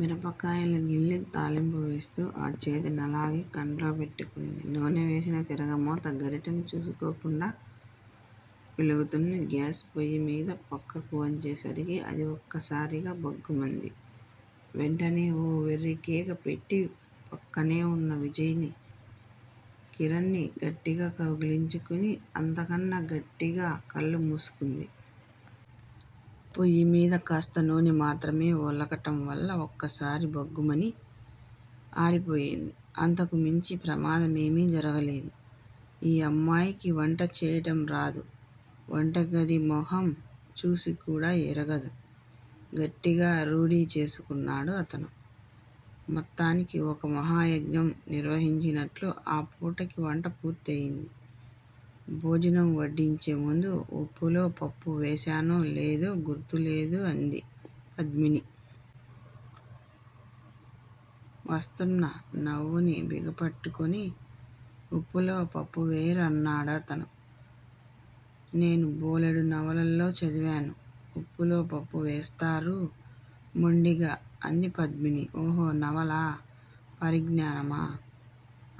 మిరపకాయలు గిల్లి తాలింపు వేస్తూ ఆ చేతినలాగే కంట్లో పెట్టుకుంది. నూనె వేసిన తిరగమోత గరిటని చూసుకోకుండా వెలుగుతున్న గ్యాస్ పొయ్యిమీద పక్కకు వంచేసరికి అది ఒక్కసారిగా భగ్గుమంది. వెంటనే ఓ వెర్రికేక పెట్టి పక్కనేవున్న విజయ్ కిరణ్ ని గట్టిగా కౌగిలించుకుని అంతకన్నా గట్టిగా కళ్ళు మూసుకుంది. పొయ్యిమీద కాస్త నూనె మాత్రమే వొలకటంవల్ల ఒక్కసారి భగ్గుమని ఆరిపోయింది. అంతకు మించి ప్రమాదమేమీ జరగలేదు. ఈ అమ్మాయికి వంట చేయటంరాదు. వంటగది మొహం చూసికూడా ఎరగదు గట్టిగా రూఢీ చేసుకున్నాడు అతను. మొత్తానికి ఒక మహాయజ్ఞం నిర్వహించినట్లు ఆ పూటకి వంట పూర్తయింది. భోజనం వడ్డించే ముందు ఉప్పులో పప్పు వేశానో లేదో గుర్తులేదు అంది పద్మిని. వస్తున్న నవ్వుని బిగపట్టుకుని ఉప్పులో పప్పు వేయరు అన్నాడు అతను. నేను బోలెడు నవలల్లో చదివాను. ఉప్పులో పప్పు వేస్తారు మొండిగా అంది పద్మిని. ఓహో నవలా పరిజ్ఞానమా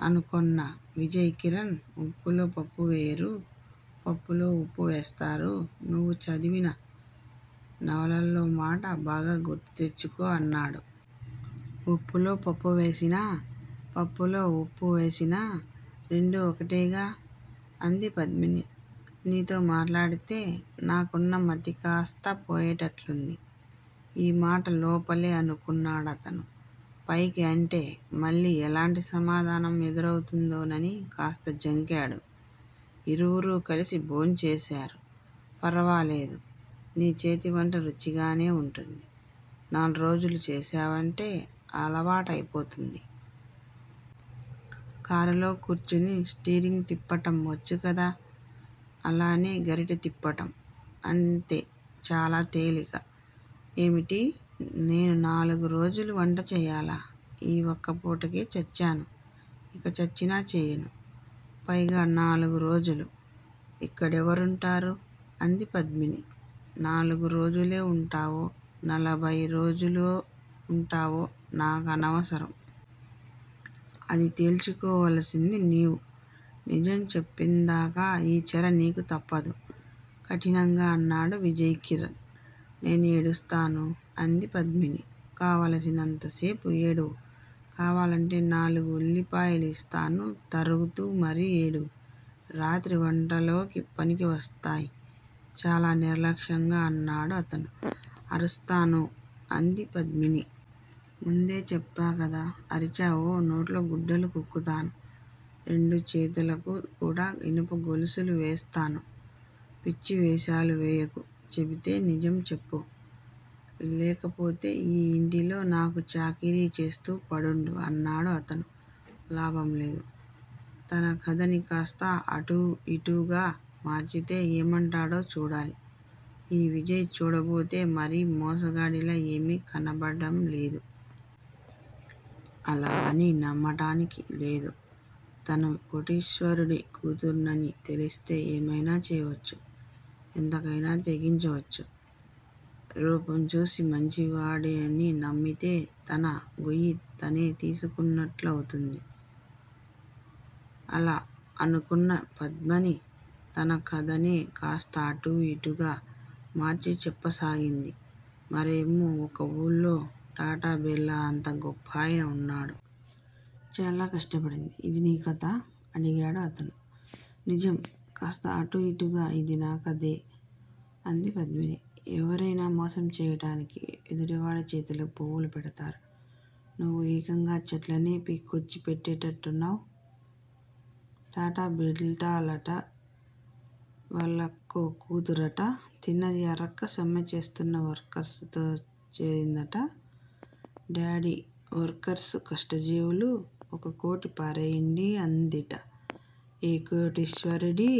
అనుకొన్న విజయ్ కిరణ్ ఉప్పులో పప్పువేయరు. పప్పులో ఉప్పు వేస్తారు. నువ్వు చదివిన నవలల్లోమాట బాగా గుర్తుతెచ్చుకో అన్నాడు. ఉప్పులో పప్పువేసినా, పప్పులో వుప్పువేసినా రెండూ ఒకటేగా. అంది పద్మిని. నీతో మాట్లాడితే నాకున్నమతి కాస్తా పోయేటట్లుంది. ఈమాట లోపలే అనుకున్నాడతను. పైకి అంటే మళ్ళీ ఎలాంటి సమాధానం ఎదురవుతుందోనని కాస్త జంకాడు. ఇరువురూ కలిసి భోంచేశారు. ఫరవాలేదు. నీ చేతివంట రుచిగానే వుంటుంది. నాల్రోజులు చేశావంటే అలవాటయిపోతుంది. కారులో కూర్చుని స్టీరింగ్ తిప్పటం వచ్చుకదా! అలానే గరిట తిప్పటం. అంతే చాలా తేలిక. ఏమిటి? నేను నాలుగురోజులు వంటచేయాలా? ఈ వక్కపూటకే చచ్చాను. ఇక చచ్చినా చేయను. పైగా నాలుగురోజులు ఇక్కడెవరుంటారు. అంది పద్మిని. నాలుగు రోజులే వుంటావో, నలభయి రోజులో వుంటావో నాకనవసరం. అది తేల్చుకోవలసింది నీవు. నిజం చెప్పిందాకా ఈ చెర నీకు తప్పదు. కఠినంగా అన్నాడు విజయ్ కిరణ్. నేనేడుస్తాను. అంది పద్మిని. కావలసినంతసేపు ఏడువ్. కావాలంటే నాలుగు ఉల్లిపాయలిస్తాను. తరుగుతూ మరీ ఏడువ్. రాత్రి వంటలోకి పనికివస్తాయి. చాలా నిర్లక్ష్యంగా అన్నాడు అతను. అరుస్తాను. అంది పద్మిని. ముందే చెప్పాకదా! అరిచావో నోట్లో గుడ్డలు కుక్కుతాను. రెండు చేతులకు కూడా ఇనుపగొలుసు వేస్తాను. పిచ్చివేషాలు వేయకు. చెబితే నిజం చెప్పు. లేకపోతే ఈ ఇంటిలో నాకు చాకిరీచేస్తూ పడుండు. అన్నాడు అతను. లాభంలేదు. తనకధని కాస్త అటూ ఇటూగా మార్చితే ఏమంటాడో చూడాలి. ఈ విజయ్ చూడబోతే మరీ మోసగాడిలా ఏమీ కనబడటంలేదు. అలా అని నమ్మటానికి లేదు. తను కోటీశ్వరుడి కూతుర్నని తెలిస్తే ఏమైనా చేయవచ్చు, ఎంతకయినా తెగించవచ్చు. రూపంచూసి మంచివాడని నమ్మితే తన గొయ్యి తనే తీసుకున్నట్లవుతుంది. అలా అనుకున్న పద్మిని తన కథనే కాస్త అటూ ఇటూగా మార్చి చెప్పసాగింది. మరేమో! ఒక ఊళ్ళో టాటా, బిర్లా అంత గొప్పాయన ఉన్నాడు. చాలా కష్టపడింది ఇది నీ కథా! అడిగాడు అతను. నిజం. కాస్త అటూ ఇటూగా ఇది నా కధే. అంది పద్మిని. ఎవరయినా మోసంచేయటానికి ఎదుటివాడిచేతిలో పువ్వులు పెడతారు. నువ్వు ఏకంగా చెట్లనే పీక్కొచ్చి పెట్టేట్టున్నావ్. టాటా, బిట్లాలుట వాళ్ళకో కూతురట తిన్నది అరక్క సమ్మెచేస్తున్న వర్కర్స్ తో చేరిందట. డాడీ! వర్కర్స్ కష్టజీవులు. ఒకకోటి పారేయండి అందిట. ఏ కోటీశ్వరుడి